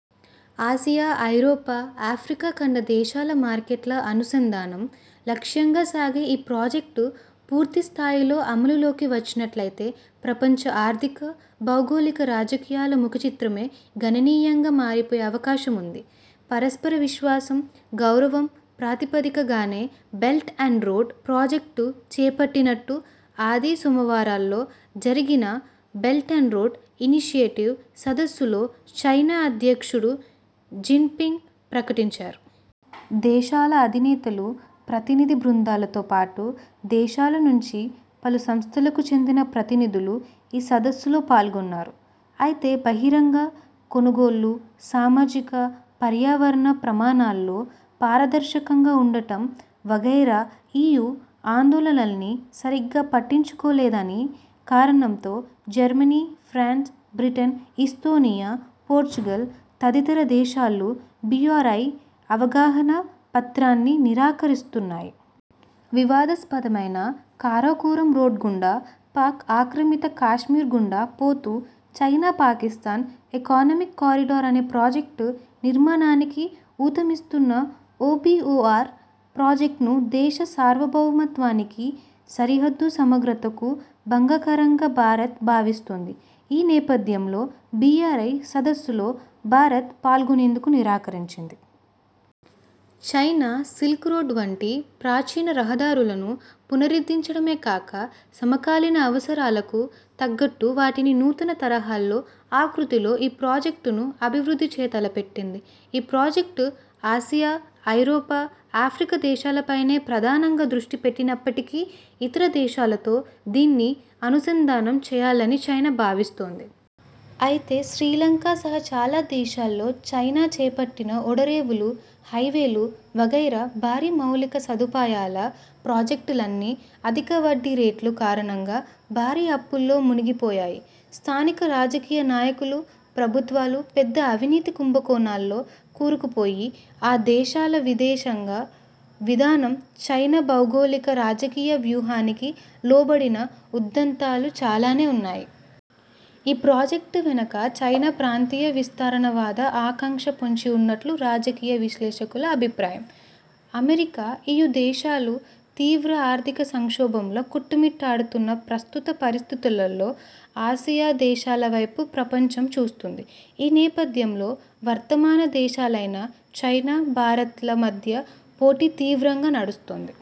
Asia, ఐరోపా, Africa ఖండ దేశాల మార్కె్ట్ల అనుసంధానం లక్ష్యంగా సాగే ఈ ప్రాజెక్టు పూర్తి స్థాయిలోకి అమలులోకి వచ్చినట్లయితే ప్రపంచ ఆర్థిక, భౌగోళిక రాజకీయాల ముఖచిత్రమే గణనీయంగా మారిపోయే అవకాశం ఉంది. పరస్పర విశ్వాసం, గౌరవం ప్రాతిపదిక గానే బెల్ట్ అండ్ రోడ్ ప్రాజెక్టు చేపట్టినట్టు ఆది, సోమవారాల్లో జరిగిన బెల్ట్ అండ్ రోడ్ ఇన్షియేటివ్ సదస్సులో చైనా అధ్యక్షుడు జిన్పింగ్ ప్రకటించారు. దేశాల అధినేతలు, ప్రతినిధి బృందాలతో పాటు, దేశాల నుంచి పలు సంస్థలకు చెందిన ప్రతినిధులు ఈ సదస్సులో పాల్గొన్నారు. అయితే బహిరంగ కొనుగోళ్ళు, సామాజిక, పర్యావరణ ప్రమాణాల్లో పారదర్శకంగా ఉండటం వగైరా ఈయూ ఆందోళనల్ని సరిగా పట్టించుకోలేదనే కారణంతో Germany, France, Britain, Estonia, Portugal తదితర దేశాలు బీఆర్ఐ అవగాహన పత్రాన్ని నిరాకరిస్తు న్నాయి. వివాదాస్పదమైన కారాకోరమ్ రోడ్డు గుండా, పాక్ ఆక్రమిత కశ్మీర్ గుండా పోతూ చైనా పాకిస్థాన్ ఎకానమిక్ కారిడార్ అనే ప్రాజెక్టు నిర్మాణానికి ఊతమిస్తున్న ఓబీఓఆర్ ప్రాజెక్టును దేశ సార్వభౌమత్వానికి, సరిహద్దు సమగ్రతకు భంగకరంగా భారత్ భావిస్తోంది. ఈ నేపథ్యంలో బీఆర్ఐ సదస్సులో భారత్ పాల్గొనేందుకు నిరాకరించింది. చైనా సిల్క్ రోడ్డు వంటి ప్రాచీన రహదారులను పునరుద్ధించడమే కాక, సమకాలీన అవసరాలకు తగ్గట్టు వాటిని నూతన తరహాలో, ఆకృతిలో ఈ ప్రాజెక్టును అభివృద్ధి చేయ తలపెట్టింది. ఈ ప్రాజెక్టు ఆసియా, ఐరోపా, ఆఫ్రికా దేశాలపైనే ప్రధానంగా దృష్టి పెట్టినప్పటికీ ఇతర దేశాలతో దీన్ని అనుసంధానం చేయాలని చైనా భావిస్తోంది. అయితే శ్రీలంక సహా చాలా దేశాల్లో చైనా చేపట్టిన ఓడరేవులు, హైవేలు వగైరా భారీ మౌలిక సదుపాయాల ప్రాజెక్టులన్నీ అధిక వడ్డీ రేట్లు కారణంగా భారీ అప్పుల్లో మునిగిపోయాయి. స్థానిక రాజకీయ నాయకులు, ప్రభుత్వాలు పెద్ద అవినీతి కుంభకోణాల్లో కూరుకుపోయి, ఆ దేశాల విదేశాంగ విధానం చైనా భౌగోళిక రాజకీయ వ్యూహానికి లోబడిన ఉదంతాలు చాలానే ఉన్నాయి. ఈ ప్రాజెక్టు వెనుక చైనా ప్రాంతీయ విస్తరణవాద ఆకాంక్ష పొంచి ఉన్నట్లు రాజకీయ విశ్లేషకుల అభిప్రాయం. అమెరికా, ఈయూ దేశాలు తీవ్ర ఆర్థిక సంక్షోభంలో కొట్టుమిట్టాడుతున్న ప్రస్తుత పరిస్థితులలో ఆసియా దేశాల వైపు ప్రపంచం చూస్తోంది. ఈ నేపథ్యంలో వర్ధమాన దేశాలైన చైనా, భారత్ల మధ్య పోటీ తీవ్రంగా నడుస్తోంది.